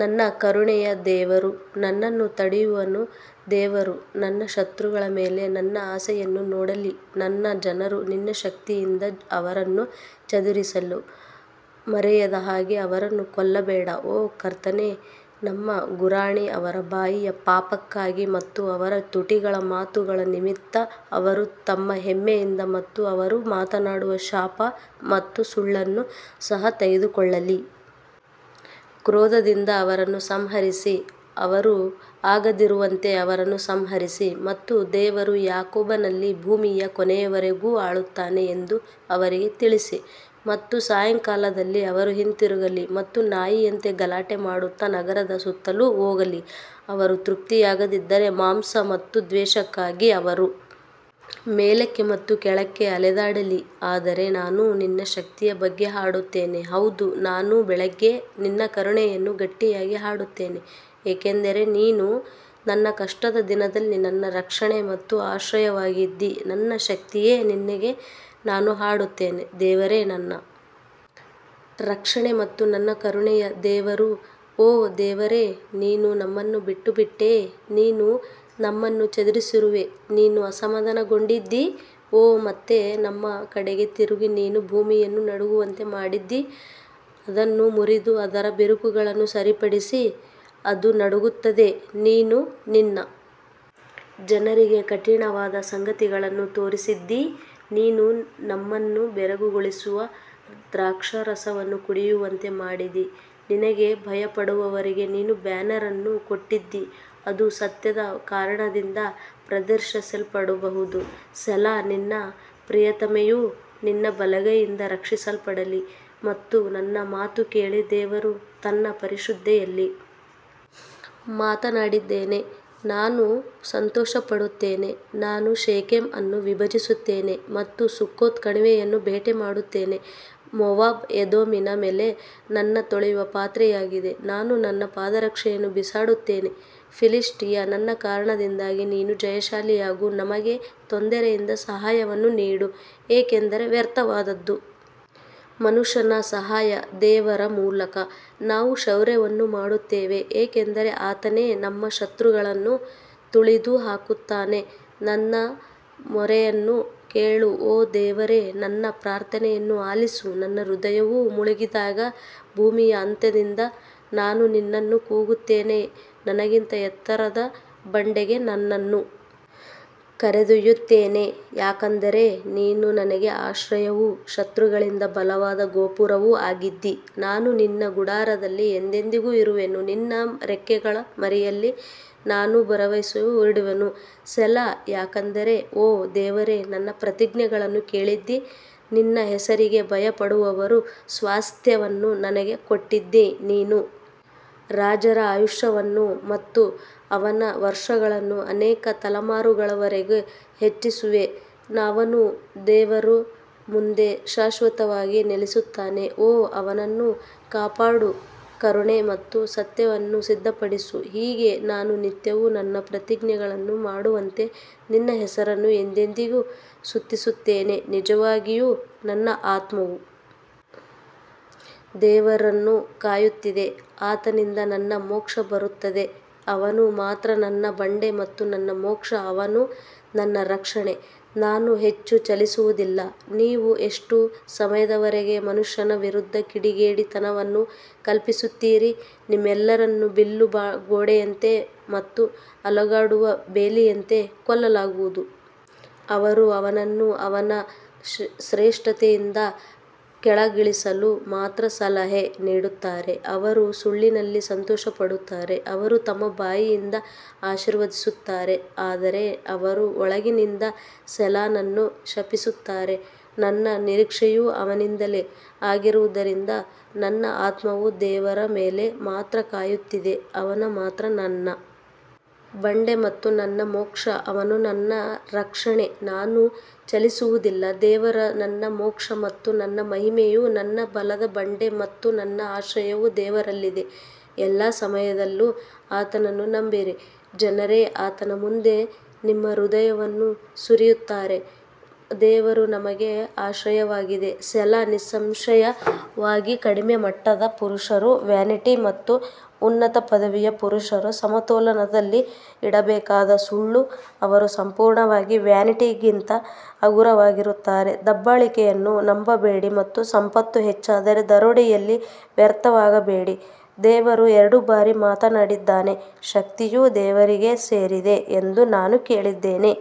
ನನ್ನ ಕರುಣೆಯ ದೇವರು ನನ್ನನ್ನು ತಡೆಯುವನು ದೇವರು ನನ್ನ ಶತ್ರುಗಳ ಮೇಲೆ ನನ್ನ ಆಸೆಯನ್ನು ನೋಡಲಿ ನನ್ನ ಜನರು ನಿನ್ನ ಶಕ್ತಿಯಿಂದ ಅವರನ್ನು ಚದುರಿಸಲು ಮರೆಯದ ಹಾಗೆ ಅವರನ್ನು ಕೊಲ್ಲಬೇಡ ಓ ಕರ್ತನೇ ನಮ್ಮ ಗುರಾಣಿ ಅವರ ಬಾಯಿಯ ಪಾಪಕ್ಕಾಗಿ ಮತ್ತು ಅವರ ತುಟಿಗಳ ಮಾತುಗಳ ನಿಮಿತ್ತ ಅವರು ತಮ್ಮ ಹೆಮ್ಮೆಯಿಂದ ಮತ್ತು ಅವರು ಮಾತನಾಡುವ ಶಾಪ ಮತ್ತು ಸುಳ್ಳನ್ನು ಸಹ ತೆಗೆದುಕೊಳ್ಳಲಿ. ಕ್ರೋಧದಿಂದ ಅವರನ್ನು ಸಂಹರಿಸಿ, ಅವರು ಆಗದಿರುವಂತೆ ಅವರನ್ನು ಸಂಹರಿಸಿ ಮತ್ತು ದೇವರು ಯಾಕೋಬನಲ್ಲಿ ಭೂಮಿಯ ಕೊನೆಯವರೆಗೂ ಆಳುತ್ತಾನೆ ಎಂದು ಅವರಿಗೆ ತಿಳಿಸಿ ಮತ್ತು ಸಾಯಂಕಾಲದಲ್ಲಿ ಅವರು ಹಿಂತಿರುಗಲಿ ಮತ್ತು ನಾಯಿಯಂತೆ ಗಲಾಟೆ ಮಾಡುತ್ತಾ ನಗರದ ಸುತ್ತಲೂ ಹೋಗಲಿ ಅವರು ತೃಪ್ತರಾಗದಿದ್ದರೆ ಮಾಂಸ ಮತ್ತು ದ್ವೇಷಕ್ಕಾಗಿ ಅವರು ಮೇಲಕ್ಕೆ ಮತ್ತು ಕೆಳಕ್ಕೆ ಅಲೆದಾಡಲಿ ಆದರೆ ನಾನು ನಿನ್ನ ಶಕ್ತಿಯ ಬಗ್ಗೆ ಹಾಡುತ್ತೇನೆ ಹೌದು ನಾನು ಬೆಳಿಗ್ಗೆ ನಿನ್ನ ಕರುಣೆಯನ್ನು ಗಟ್ಟಿಯಾಗಿ ಹಾಡುತ್ತೇನೆ ಏಕೆಂದರೆ ನೀನು ನನ್ನ ಕಷ್ಟದ ದಿನದಲ್ಲಿ ನನ್ನ ರಕ್ಷಣೆ ಮತ್ತು ಆಶ್ರಯವಾಗಿದ್ದಿ ನನ್ನ ಶಕ್ತಿಯೇ ನಿನಗೆ ನಾನು ಹಾಡುತ್ತೇನೆ ದೇವರೇ ನನ್ನ ರಕ್ಷಣೆ ಮತ್ತು ನನ್ನ ಕರುಣೆಯ ದೇವರು ಓ ದೇವರೇ ನೀನು ನಮ್ಮನ್ನು ಬಿಟ್ಟುಬಿಟ್ಟೆ ನೀನು ನಮ್ಮನ್ನು ಚದುರಿಸಿರುವೆ ನೀನು ಅಸಮಾಧಾನಗೊಂಡಿದ್ದೀ ಓ ಮತ್ತೆ ನಮ್ಮ ಕಡೆಗೆ ತಿರುಗು ನೀನು ಭೂಮಿಯನ್ನು ನಡುಗುವಂತೆ ಮಾಡಿದ್ದೀ, ಅದನ್ನು ಮುರಿದು ಅದರ ಬಿರುಕುಗಳನ್ನು ಸರಿಪಡಿಸಿ, ಅದು ನಡುಗುತ್ತದೆ ನೀನು ನಿನ್ನ ಜನರಿಗೆ ಕಠಿಣವಾದ ಸಂಗತಿಗಳನ್ನು ತೋರಿಸಿದ್ದೀ, ನೀನು ನಮ್ಮನ್ನು ಬೆರಗುಗೊಳಿಸುವ ದ್ರಾಕ್ಷಾರಸವನ್ನು ಕುಡಿಯುವಂತೆ ಮಾಡಿದಿ ನಿನಗೆ ಭಯಪಡುವವರಿಗೆ ನೀನು ಬ್ಯಾನರ್ ಅನ್ನು ಕೊಟ್ಟಿದ್ದೀ, ಅದು ಸತ್ಯದ ಕಾರಣದಿಂದ ಪ್ರದರ್ಶಿಸಲ್ಪಡಬಹುದು ಸೆಲಾ ನಿನ್ನ ಪ್ರಿಯತಮೆಯು ನಿನ್ನ ಬಲಗೈಯಿಂದ ರಕ್ಷಿಸಲ್ಪಡಲಿ ಮತ್ತು ನನ್ನ ಮಾತು ಕೇಳು ದೇವರು ತನ್ನ ಪರಿಶುದ್ಧತೆಯಲ್ಲಿ ಮಾತನಾಡಿದ್ದಾನೆ ನಾನು ಸಂತೋಷಪಡುತ್ತೇನೆ ನಾನು ಶೆಕೆಮ್ ಅನ್ನು ವಿಭಜಿಸುತ್ತೇನೆ ಮತ್ತು ಸುಕ್ಕೋತ್ ಕಣಿವೆಯನ್ನು ಭೇಟಿ ಮಾಡುತ್ತೇನೆ ಮೋವಾಬ್ ಎದೋಮಿನ ಮೇಲೆ ನನ್ನ ತೊಳೆಯುವ ಪಾತ್ರೆಯಾಗಿದೆ ನಾನು ನನ್ನ ಪಾದರಕ್ಷೆಯನ್ನು ಬಿಸಾಡುತ್ತೇನೆ ಫಿಲಿಷ್ಟಿಯ ನನ್ನ ಕಾರಣದಿಂದಾಗಿ ನೀನು ಜಯಶಾಲಿಯಾಗು ನಮಗೆ ತೊಂದರೆಯಿಂದ ಸಹಾಯವನ್ನು ನೀಡು, ಏಕೆಂದರೆ ವ್ಯರ್ಥವಾದದ್ದು ಮನುಷ್ಯನ ಸಹಾಯ ದೇವರ ಮೂಲಕ ನಾವು ಶೌರ್ಯವನ್ನು ಮಾಡುತ್ತೇವೆ ಏಕೆಂದರೆ ಆತನೇ ನಮ್ಮ ಶತ್ರುಗಳನ್ನು ತುಳಿದು ಹಾಕುತ್ತಾನೆ ನನ್ನ ಮೊರೆಯನ್ನು ಕೇಳು ಓ ದೇವರೇ ನನ್ನ ಪ್ರಾರ್ಥನೆಯನ್ನು ಆಲಿಸು ನನ್ನ ಹೃದಯವು ಮುಳುಗಿದಾಗ ಭೂಮಿಯ ಅಂತ್ಯದಿಂದ ನಾನು ನಿನ್ನನ್ನು ಕೂಗುತ್ತೇನೆ, ನನಗಿಂತ ಎತ್ತರದ ಬಂಡೆಗೆ ನನ್ನನ್ನು ಕರೆದೊಯ್ಯುತ್ತೇನೆ ಯಾಕಂದರೆ ನೀನು ನನಗೆ ಆಶ್ರಯವೂ ಶತ್ರುಗಳಿಂದ ಬಲವಾದ ಗೋಪುರವೂ ಆಗಿದ್ದೀ ನಾನು ನಿನ್ನ ಗುಡಾರದಲ್ಲಿ ಎಂದೆಂದಿಗೂ ಇರುವೆನು ನಿನ್ನ ರೆಕ್ಕೆಗಳ ಮರೆಯಲ್ಲಿ ನಾನು ಭರವಸವಿಡುವೆನು ಸೆಲಾ ಯಾಕಂದರೆ ಓ ದೇವರೇ ನನ್ನ ಪ್ರತಿಜ್ಞೆಗಳನ್ನು ಕೇಳಿದ್ದೀ, ನಿನ್ನ ಹೆಸರಿಗೆ ಭಯಪಡುವವರ ಸ್ವಾಸ್ತ್ಯವನ್ನು ನನಗೆ ಕೊಟ್ಟಿದ್ದೀ ನೀನು ರಾಜರ ಆಯುಷ್ಯವನ್ನು ಮತ್ತು ಅವನ ವರ್ಷಗಳನ್ನು ಅನೇಕ ತಲೆಮಾರುಗಳವರೆಗೆ ಹೆಚ್ಚಿಸುವೆ ಅವನು ದೇವರ ಮುಂದೆ ಶಾಶ್ವತವಾಗಿ ನೆಲೆಸುತ್ತಾನೆ ಓ ಅವನನ್ನು ಕಾಪಾಡುವ ಕರುಣೆ ಮತ್ತು ಸತ್ಯವನ್ನು ಸಿದ್ಧಪಡಿಸು ಹೀಗೆ ನಾನು ನಿತ್ಯವೂ ನನ್ನ ಪ್ರತಿಜ್ಞೆಗಳನ್ನು ಮಾಡುವಂತೆ ನಿನ್ನ ಹೆಸರನ್ನು ಎಂದೆಂದಿಗೂ ಸ್ತುತಿಸುತ್ತೇನೆ ನಿಜವಾಗಿಯೂ ನನ್ನ ಆತ್ಮವು ದೇವರನ್ನು ಕಾಯುತ್ತಿದೆ ಆತನಿಂದ ನನ್ನ ಮೋಕ್ಷ ಬರುತ್ತದೆ ಅವನು ಮಾತ್ರ ನನ್ನ ಬಂಡೆ ಮತ್ತು ನನ್ನ ಮೋಕ್ಷ ಅವನು ನನ್ನ ರಕ್ಷಣೆ, ನಾನು ಹೆಚ್ಚು ಚಲಿಸುವುದಿಲ್ಲ ನೀವು ಎಷ್ಟು ಸಮಯದವರೆಗೆ ಮನುಷ್ಯನ ವಿರುದ್ಧ ಕಿಡಿಗೇಡಿತನವನ್ನು ಕಲ್ಪಿಸುತ್ತೀರಿ, ನಿಮ್ಮೆಲ್ಲರನ್ನು ಬಿಲ್ಲು ಗೋಡೆಯಂತೆ ಮತ್ತು ಅಲುಗಾಡುವ ಬೇಲಿಯಂತೆ ಕೊಲ್ಲಲಾಗುವುದು ಅವರು ಅವನನ್ನು ಅವನ ಶ್ರೇಷ್ಠತೆಯಿಂದ ಕೆಳಗಿಳಿಸಲು ಮಾತ್ರ ಸಲಹೆ ನೀಡುತ್ತಾರೆ ಅವರು ಸುಳ್ಳಿನಲ್ಲಿ ಸಂತೋಷಪಡುತ್ತಾರೆ ಅವರು ತಮ್ಮ ಬಾಯಿಯಿಂದ ಆಶೀರ್ವದಿಸುತ್ತಾರೆ ಆದರೆ ಅವರು ಒಳಗಿನಿಂದ ಸೆಲಾನನ್ನು ಶಪಿಸುತ್ತಾರೆ ನನ್ನ ನಿರೀಕ್ಷೆಯು ಅವನಿಂದಲೇ ಆಗಿರುವುದರಿಂದ ನನ್ನ ಆತ್ಮವು ದೇವರ ಮೇಲೆ ಮಾತ್ರ ಕಾಯುತ್ತಿದೆ ಅವನು ಮಾತ್ರ ನನ್ನ ಬಂಡೆ ಮತ್ತು ನನ್ನ ಮೋಕ್ಷ ಅವನು ನನ್ನ ರಕ್ಷಣೆ ನಾನು ಚಲಿಸುವುದಿಲ್ಲ ದೇವರಲ್ಲಿ ನನ್ನ ಮೋಕ್ಷ ಮತ್ತು ನನ್ನ ಮಹಿಮೆಯು ನನ್ನ ಬಲದ ಬಂಡೆ ಮತ್ತು ನನ್ನ ಆಶ್ರಯವು ದೇವರಲ್ಲಿದೆ ಎಲ್ಲಾ ಸಮಯದಲ್ಲೂ ಆತನನ್ನು ನಂಬಿರಿ ಜನರೇ ಆತನ ಮುಂದೆ ನಿಮ್ಮ ಹೃದಯವನ್ನು ಸುರಿಯುತ್ತಾರೆ ದೇವರು ನಮಗೆ ಆಶ್ರಯವಾಗಿದೆ ಸೆಲಾ ನಿಸ್ಸಂಶಯವಾಗಿ ಕಡಿಮೆ ಮಟ್ಟದ ಪುರುಷರು ವ್ಯಾನಿಟಿ ಮತ್ತು ಉನ್ನತ ಪದವಿಯ ಪುರುಷರು ಸಮತೋಲನದಲ್ಲಿ ಇಡಬೇಕಾದ ಸುಳ್ಳು ಅವರು ಸಂಪೂರ್ಣವಾಗಿ ವ್ಯಾನಿಟಿಗಿಂತ ಹಗುರವಾಗಿರುತ್ತಾರೆ ದಬ್ಬಾಳಿಕೆಯನ್ನು ನಂಬಬೇಡಿ ಮತ್ತು ಸಂಪತ್ತು ಹೆಚ್ಚಾದರೆ ದರೋಡೆಯಲ್ಲಿ ವ್ಯರ್ಥವಾಗಬೇಡಿ ದೇವರು ಎರಡು ಬಾರಿ ಮಾತನಾಡಿದ್ದಾನೆ, ಶಕ್ತಿಯು ದೇವರಿಗೆ ಸೇರಿದೆ ಎಂದು ನಾನು ಕೇಳಿದ್ದೇನೆ.